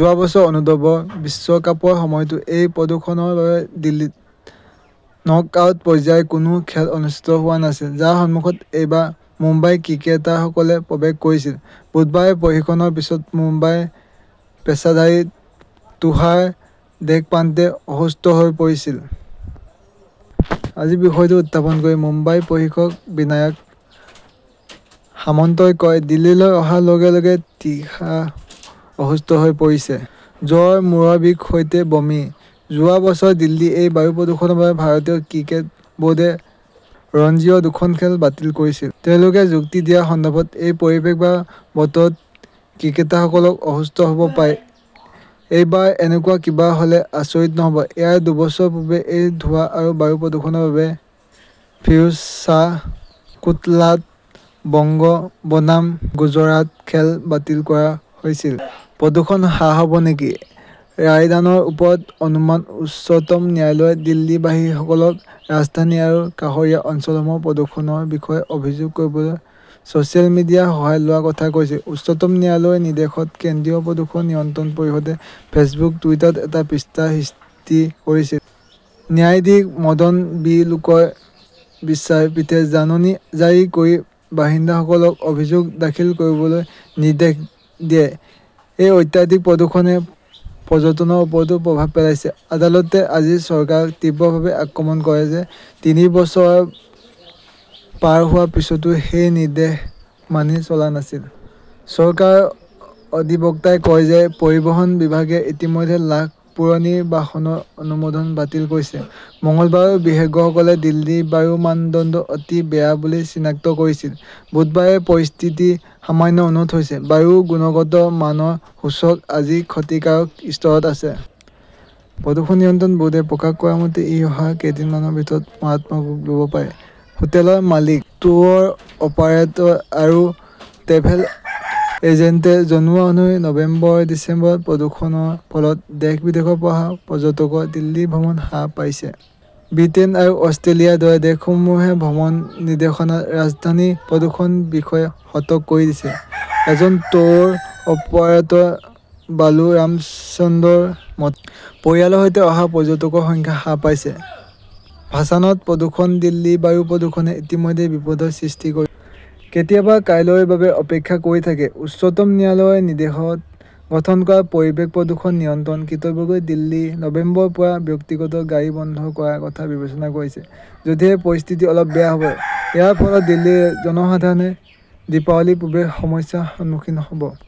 যোৱা বছৰ অনূৰ্ধ্ব- বিশ্বকাপৰ সময়তো এই প্ৰদূষণৰ বাবে দিল্লীত নক-আউট পৰ্যায়ৰ কোনো খেল অনুষ্ঠিত হোৱা নাছিল, যাৰ সন্মুখত এইবাৰ মুম্বাইৰ ক্ৰিকেটাৰসকলে প্ৰৱেশ কৰিছিল। বুধবাৰে প্ৰশিক্ষণৰ পিছত মুম্বাইৰ পেচাদাৰী তুষাৰ দেশপাণ্ডে অসুস্থ হৈ পৰিছিল। আজি বিষয়টো উত্থাপন কৰি মুম্বাইৰ প্ৰশিক্ষক বিনায়ক সামন্তই কয়, "দিল্লীলৈ অহাৰ লগে লগে তুষাৰ অসুস্থ হৈ পৰিছে। জ্বৰ, মূৰৰ বিষৰ সৈতে বমি। যোৱা বছৰ দিল্লীৰ এই বায়ু প্ৰদূষণৰ বাবে ভাৰতীয় ক্ৰিকেট বৰ্ডে ৰঞ্জীৰ দুখন খেল বাতিল কৰিছিল। তেওঁলোকে যুক্তি দিয়া সন্দৰ্ভত, এই পৰিৱেশ বা বতৰত ক্ৰিকেটাৰসকল অসুস্থ হব পাৰে। এইবাৰ এনেকুৱা কিবা হ'লে, আচৰিত নহব। ইয়াৰ দুবছৰ পূৰ্বে এই ধোঁৱা আৰু বায়ু প্ৰদূষণৰ বাবেই ফিৰোজ শ্বাহ কোটলাত বংগ বনাম গুজৰাটৰ খেল বাতিল কৰা হৈছিল। প্ৰদূষণ হ্ৰাস হব নেকি? ৰায়দানৰ ওপৰত অনুমান উচ্চতম ন্যায়ালয়ে দিল্লীবাসীসকলক ৰাজধানী আৰু কাষৰীয়া অঞ্চলসমূহৰ প্ৰদূষণৰ বিষয়ে অভিযোগ কৰিবলৈ ছচিয়েল মিডিয়াৰ সহায় লোৱাৰ কথা কৈছিল। উচ্চতম ন্যায়ালয়ৰ নিৰ্দেশত কেন্দ্ৰীয় প্ৰদূষণ নিয়ন্ত্ৰণ পৰিষদে ফেচবুক-টুইটাৰত এটা পৃষ্ঠা সৃষ্টি কৰিছিল। ন্যায়াধীশ মদন বি লোকুৰৰ বিচাৰপীঠে জাননী জাৰি কৰি বাসিন্দাসকলক অভিযোগ দাখিল কৰিবলৈ নিৰ্দেশ দিয়ে। এই অত্যাধিক প্ৰদূষণে পৰ্যটনৰ ওপৰতো প্ৰভাৱ পেলাইছে। আদালতে আজি চৰকাৰক তীব্ৰভাৱে আক্ৰমণ কৰে যে, তিনি বছৰ পাৰ হোৱাৰ পিছতো সেই নিৰ্দেশ মানি চলা নাছিল। চৰকাৰৰ অধিবক্তাই কয় যে, পৰিবহণ বিভাগে ইতিমধ্যে লাখ পুৰণি বাহনৰ অনুমোদন বাতিল কৰিছে। মঙলবাৰেও বিশেষজ্ঞসকলে দিল্লীৰ বায়ুৰ মানদণ্ড অতি বেয়া বুলি চিনাক্ত কৰিছিল। বুধবাৰে পৰিস্থিতি সামান্য উন্নত হৈছে। বায়ুৰ গুণগত মানৰ সূচক আজি ক্ষতিকাৰক স্তৰত আছে। প্ৰদূষণ নিয়ন্ত্ৰণ বোৰ্ডে প্ৰকাশ কৰা মতে, ই অহা কেইদিনমানৰ ভিতৰত "মাৰাত্মক" ৰূপ লব পাৰে। হোটেলৰ মালিক, ট্যুৰ অপাৰেটৰ আৰু ট্ৰেভেল এজেণ্টে জনোৱা অনুসৰি, নৱেম্বৰ-ডিচেম্বৰত প্ৰদূষণৰ ফলত দেশ-বিদেশৰ পৰা অহা পৰ্যটকৰ দিল্লী ভ্ৰমণ হ্ৰাস পাইছে। ব্ৰিটেইন আৰু অষ্ট্ৰেলিয়াৰ দৰে দেশসমূহে ভ্ৰমণ নিৰ্দেশনাত ৰাজধানীৰ প্ৰদূষণৰ বিষয়ে সতৰ্ক কৰি দিছে। এজন ট্যুৰ অপাৰেটৰ বালু ৰামচন্দ্ৰনৰ মতে, "পৰিয়ালৰ সৈতে অহা পৰ্যটকৰ সংখ্যা হ্ৰাস পাইছে"। ভাছানত প্ৰদূষণ দিল্লীৰ বায়ু প্ৰদূষণে ইতিমধ্যে বিপদৰ সৃষ্টি কৰিছে। কেতিয়াবা কাইলৈৰ বাবে অপেক্ষা কৰি থাকে। উচ্চতম ন্যায়ালয়ৰ নিৰ্দেশত গঠন কৰা "পৰিৱেশ প্ৰদূষণ নিয়ন্ত্ৰণ কৰ্তৃপক্ষই" দিল্লীত নৱেম্বৰৰ পৰা ব্যক্তিগত গাড়ী বন্ধ কৰাৰ কথা বিবেচনা কৰিছে, যদিহে পৰিস্থিতি অলপ বেয়া হয়। ইয়াৰ ফলত দিল্লীৰ জনসাধাৰণে দীপাৱলীৰ পূৰ্বেই সমস্যাৰ সন্মুখীন হব।